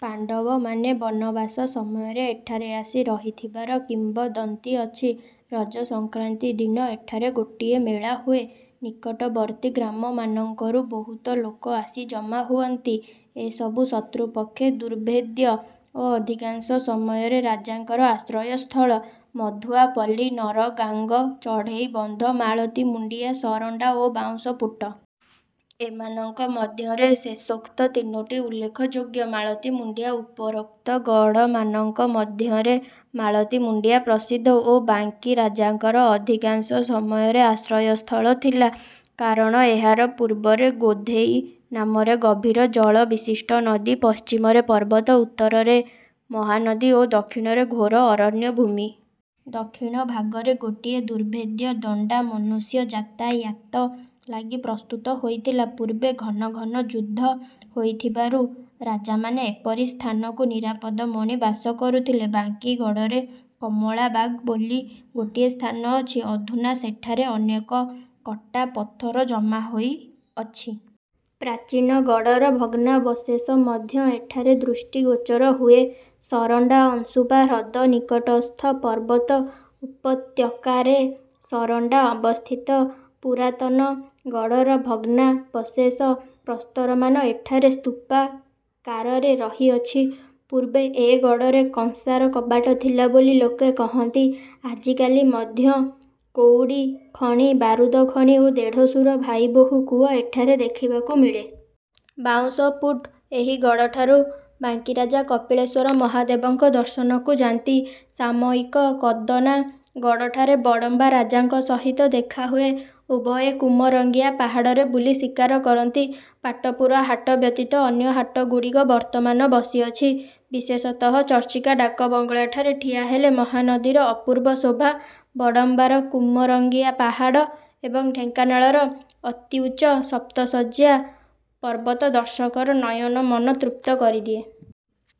ପାଣ୍ଡବମାନେ ବନବାସ ସମୟରେ ଏଠାରେ ଆସି ରହିଥିବାର କିମ୍ବଦନ୍ତୀ ଅଛି। ରଜସଂକ୍ରାନ୍ତି ଦିନ ଏଠାରେ ଗୋଟିଏ ମେଳା ହୁଏ। ନିକଟବର୍ତ୍ତୀ ଗ୍ରାମମାନଙ୍କରୁ ବହୁତ ଲୋକ ଆସି ଜମା ହୁଅନ୍ତି। ଏ ସବୁ ଶତ୍ରୁପକ୍ଷେ ଦୁର୍ଭେଦ୍ୟ ଓ ଅଧିକାଂଶ ସମୟରେ ରାଜାଙ୍କର ଆଶ୍ରୟ ସ୍ଥଳ। ମଧୁଆ ପଲ୍ଲୀ, ନରଗାଙ୍ଗ, ଚଢ଼େଇବନ୍ଧ, ମାଳତୀ ମୁଣ୍ଡିଆ, ସରଣ୍ଡା ଓ ବାଉଁଶ ପୁଟ। ଏମାନଙ୍କ ମଧ୍ୟରେ ଶେଷୋକ୍ତ ତିନୋଟି ଉଲ୍ଲେଖଯୋଗ୍ୟ। ମାଳତୀମୁଣ୍ଡିଆ- ଉପରୋକ୍ତ ଗଡ଼ମାନଙ୍କ ମଧ୍ୟରେ ମାଳତୀ ମୁଣ୍ଡିଆ ପ୍ରସିଦ୍ଧ ଓ ବାଙ୍କୀ ରାଜାଙ୍କର ଅଧିକାଂଶ ସମୟରେ ଆଶ୍ରୟ ସ୍ଥଳ ଥିଲା; କାରଣ ଏହାର ପୂର୍ବରେ ଗୋଧେଇ ନାମରେ ଗଭୀର ଜଳବିଶିଷ୍ଟ ନଦୀ, ପଶ୍ଚିମରେ ପର୍ବତ, ଉତ୍ତରରେ ମହାନଦୀ ଓ ଦକ୍ଷିଣରେ ଘୋର ଅରଣ୍ୟଭୂମି। ଦକ୍ଷିଣ ଭାଗରେ, ଗୋଟିଏ ଦୁର୍ଭେଦ୍ୟ ଦଣ୍ଡା ମନୁଷ୍ୟ ଯାତାୟାତ ଲାଗି ପ୍ରସ୍ତୁତ ହୋଇଥିଲା। ପୂର୍ବେ ଘନ ଘନ ଯୁଦ୍ଧ ହୋଇଥିବାରୁ ରାଜାମାନେ ଏପରି ସ୍ଥାନକୁ ନିରାପଦ ମଣି ବାସ କରୁଥିଲେ। ବାଙ୍କୀ ଗଡ଼ରେ "କମଳା ବାଗ" ବୋଲି ଗୋଟିଏ ସ୍ଥାନ ଅଛି। ଅଧୁନା ସେଠାରେ ଅନେକ କଟା ପଥର ଜମା ହୋଇଅଛି। ପ୍ରାଚୀନ ଗଡ଼ର ଭଗ୍ନାବଶେଷ ମଧ୍ୟ ଏଠାରେ ଦୃଷ୍ଟିଗୋଚର ହୁଏ। ସରଣ୍ଡା- ଅଂଶୁପା ହ୍ରଦ ନିକଟସ୍ଥ ପର୍ବତ ଉପତ୍ୟକାରେ ସରଣ୍ଡା ଅବସ୍ଥିତ। ପୁରାତନ ଗଡ଼ର ଭଗ୍ନାବଶେଷ ପ୍ରସ୍ତରମାନ ଏଠାରେ ସ୍ତୂପାକାରରେ ରହିଅଛି। ପୂର୍ବେ ଏ ଗଡ଼ରେ କଂସାର କବାଟ ଥିଲା ବୋଲି ଲୋକେ କହନ୍ତି। ଆଜିକାଲି ମଧ୍ୟ କଉଡ଼ି ଖଣି, ବାରୁଦଖଣି ଓ ଦେଢ଼ଶୁର ଭାଇବୋହୂ କୂଅ ଏଠାରେ ଦେଖିବାକୁ ମିଳେ। ବାଉଁଶପୁଟ- ଏହି ଗଡ଼ଠାରୁ ବାଙ୍କୀରାଜା କପିଳେଶ୍ଵର ମହାଦେବଙ୍କ ଦର୍ଶନକୁ ଯାନ୍ତି। ସାମୟିକ କଦନା ଗଡ଼ଠାରେ ବଡ଼ମ୍ବା ରାଜାଙ୍କ ସହିତ ଦେଖା ହୁଏ। ଉଭୟେ କୁମରଙ୍ଗିଆ ପାହାଡ଼ରେ ବୁଲି ଶିକାର କରନ୍ତି। ପାଟପୁର ହାଟ ବ୍ୟତୀତ ଅନ୍ୟ ହାଟଗୁଡ଼ିକ ବର୍ତ୍ତମାନ ବସିଅଛି। ବିଶେଷତଃ ଚର୍ଚ୍ଚିକା ଡାକ ବଙ୍ଗଳାଠାରେ ଠିଆ ହେଲେ ମହାନଦୀର ଅପୂର୍ବ ଶୋଭା, ବଡ଼ମ୍ବାର କୁମରଙ୍ଗିଆ ପାହାଡ଼ ଏବଂ ଢେଙ୍କାନାଳର ଅତ୍ୟୁଚ୍ଚ ସପ୍ତଶଯ୍ୟା ପର୍ବତ ଦର୍ଶକର ନୟନମନ ତୃପ୍ତ କରିଦିଏ।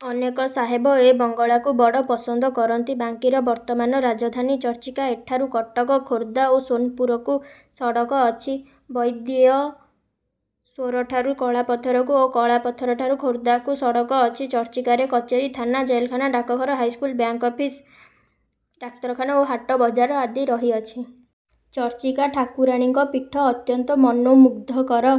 ଅନେକ ସାହେବ ଏ ବଙ୍ଗଳାକୁ ବଡ଼ ପସନ୍ଦ କରନ୍ତି। ବାଙ୍କୀର ବର୍ତ୍ତମାନ ରାଜଧାନୀ ଚର୍ଚ୍ଚିକା। ଏଠାରୁ କଟକ, ଖୋର୍ଦ୍ଧା ଓ ସୋନପୁରକୁ ସଡ଼କ ଅଛି। ବୈଦ୍ୟେଶ୍ଵରଠାରୁ କଳାପଥରକୁ ଓ କଳାପଥରଠାରୁ ଖୋର୍ଦ୍ଧାକୁ ସଡ଼କ ଅଛି। ଚର୍ଚ୍ଚିକାରେ କଚେରୀ, ଥାନା, ଜେଲଖାନା, ଡାକଘର, ହାଇସ୍କୁଲ, ବ୍ୟାଙ୍କ୍ ଅଫିସ୍, ଡାକ୍ତରଖାନା ଓ ହାଟ ବଜାର ଆଦି ରହିଅଛି। ଚର୍ଚ୍ଚିକା ଠାକୁରାଣୀଙ୍କ ପୀଠ ଅତ୍ୟନ୍ତ ମନୋମୁଗ୍ଧକର।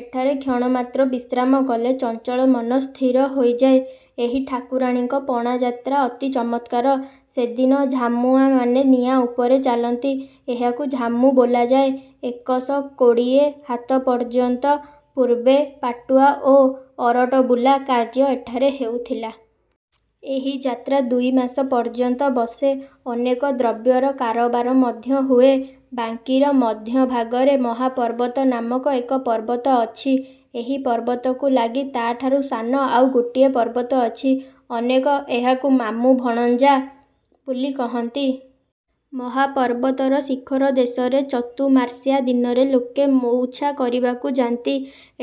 ଏଠାରେ କ୍ଷଣମାତ୍ର ବିଶ୍ରାମ କଲେ ଚଞ୍ଚଳ ମନ ସ୍ଥିର ହୋଇଯାଏ। ଏହି ଠାକୁରାଣୀଙ୍କ ପଣାଯାତ୍ରା ଅତି ଚମତ୍କାର। ସେ ଦିନ ଝାମୁଆଁମାନେ ନିଆଁ ଉପରେ ଚାଲନ୍ତି। ଏହାକୁ ଝାମୁ ବୋଲାଯାଏ। ଏକଶ କୋଡ଼ିଏ ହାତ ପର୍ଯ୍ୟନ୍ତ ପୂର୍ବେ ପାଟୁଆ ଓ ଅରଟ ବୁଲା କାର୍ଯ୍ୟ ଏଠାରେ ହେଉଥିଲା। ଏହି ଯାତ୍ରା ଦୁଇ ମାସ ପର୍ଯ୍ୟନ୍ତ ବସେ। ଅନେକ ଦ୍ରବ୍ୟର କାରବାର ମଧ୍ୟ ହୁଏ। ବାଙ୍କୀର ମଧ୍ୟଭାଗରେ ମହାପର୍ବତ ନାମକ ଏକ ପର୍ବତ ଅଛି। ଏହି ପର୍ବତକୁ ଲାଗି ତା ଠାରୁ ସାନ ଆଉ ଗୋଟିଏ ପର୍ବତ ଅଛି। ଅନେକେ ଏହାକୁ "ମାମୁ ଭଣଞ୍ଜା'' ବୋଲି କହନ୍ତି। ମହାପର୍ବତର ଶିଖର ଦେଶରେ ଚତୁର୍ମାସ୍ୟା ଦିନରେ ଲୋକେ ମଉଛା କରିବାକୁ ଯାନ୍ତି।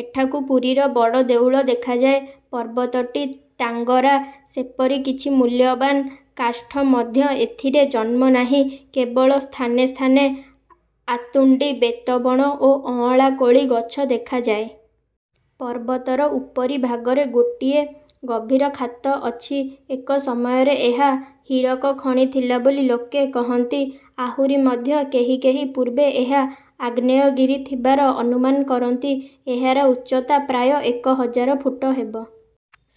ଏଠାକୁ ପୁରୀର ବଡ଼ ଦେଉଳ ଦେଖାଯାଏ। ପର୍ବତଟି ଟାଙ୍ଗରା। ସେପରି କିଛି ମୁଲ୍ୟବାନ୍ କାଷ୍ଠ ମଧ୍ୟ ଏଥିରେ ଜନ୍ମେ ନାହିଁ। କେବଳ ସ୍ଥାନେ ସ୍ଥାନେ ଆତୁଣ୍ଡି, ବେତ ବଣ ଓ ଅଁଳାକୋଳି ଗଛ ଦେଖାଯାଏ। ପର୍ବତର ଉପରି ଭାଗରେ ଗୋଟିଏ। ଗଭୀର ଖାତ ଅଛି। ଏକ ସମୟରେ ଏହା ହୀରକ ଖଣି ଥିଲା ବୋଲି ଲୋକେ କହନ୍ତି। ଆହୁରି ମଧ୍ୟ କେହି କେହି ପୂର୍ବେ ଏହା ଆଗ୍ନେୟଗିରି ଥିବାର ଅନୁମାନ କରନ୍ତି। ଏହାର ଉଚ୍ଚତା ପ୍ରାୟ ଏକ ହଜାର ଫୁଟ ହେବ।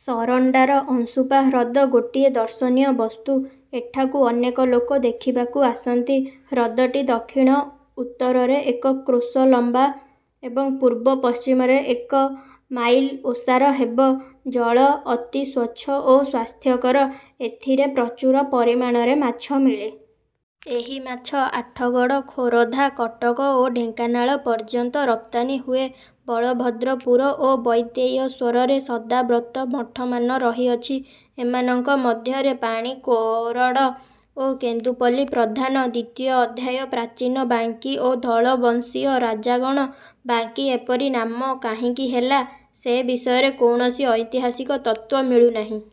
ସରଣ୍ଡାର ଅଂଶୁପା ହ୍ରଦ ଗୋଟିଏ ଦର୍ଶନୀୟ ବସ୍ତୁ। ଏଠାକୁ ଅନେକ ଲୋକ ଦେଖିବାକୁ ଆସନ୍ତି। ହ୍ରଦଟି ଦକ୍ଷିଣ ଉତ୍ତରରେ ଏକ କ୍ରୋଶ ଲମ୍ବା ଏବଂ ପୂର୍ବ ପଶ୍ଚିମରେ ଏକ ମାଇଲ ଓସାର ହେବ। ଜଳ ଅତି ସ୍ଵଚ୍ଛ ଓ ସ୍ଵାସ୍ଥ୍ୟକର। ଏଥିରେ ପ୍ରଚୁର ପରିମାଣରେ ମାଛ ମିଳେ। ଏହି ମାଛ ଆଠଗଡ଼, ଖୋରଧା, କଟକ ଓ ଢେଙ୍କାନାଳ ପର୍ଯ୍ୟନ୍ତ ରପ୍ତାନି ହୁଏ। ବଳଭଦ୍ରପୁର ଓ ବୈଦ୍ୟେଶ୍ଵରରେ ସଦାବ୍ରତ ମଠମାନ ରହିଅଛି। ଏମାନଙ୍କ ମଧ୍ୟରେ ପାଣିକୋରଡ଼ ଓ କେନ୍ଦୁପଲ୍ଲୀ ପ୍ରଧାନ। ଦ୍ଵିତୀୟ ଅଧ୍ୟାୟ ପ୍ରାଚୀନ ବାଙ୍କୀ ଓ ଧଳବଂଶୀୟ ରାଜାଗଣ ବାଙ୍କୀ ଏପରି ନାମ କାହିଁକି ହେଲା, ସେ ବିଷୟରେ କୌଣସି ଐତିହାସିକ ତତ୍ତ୍ଵ ମିଳୁ ନାହିଁ।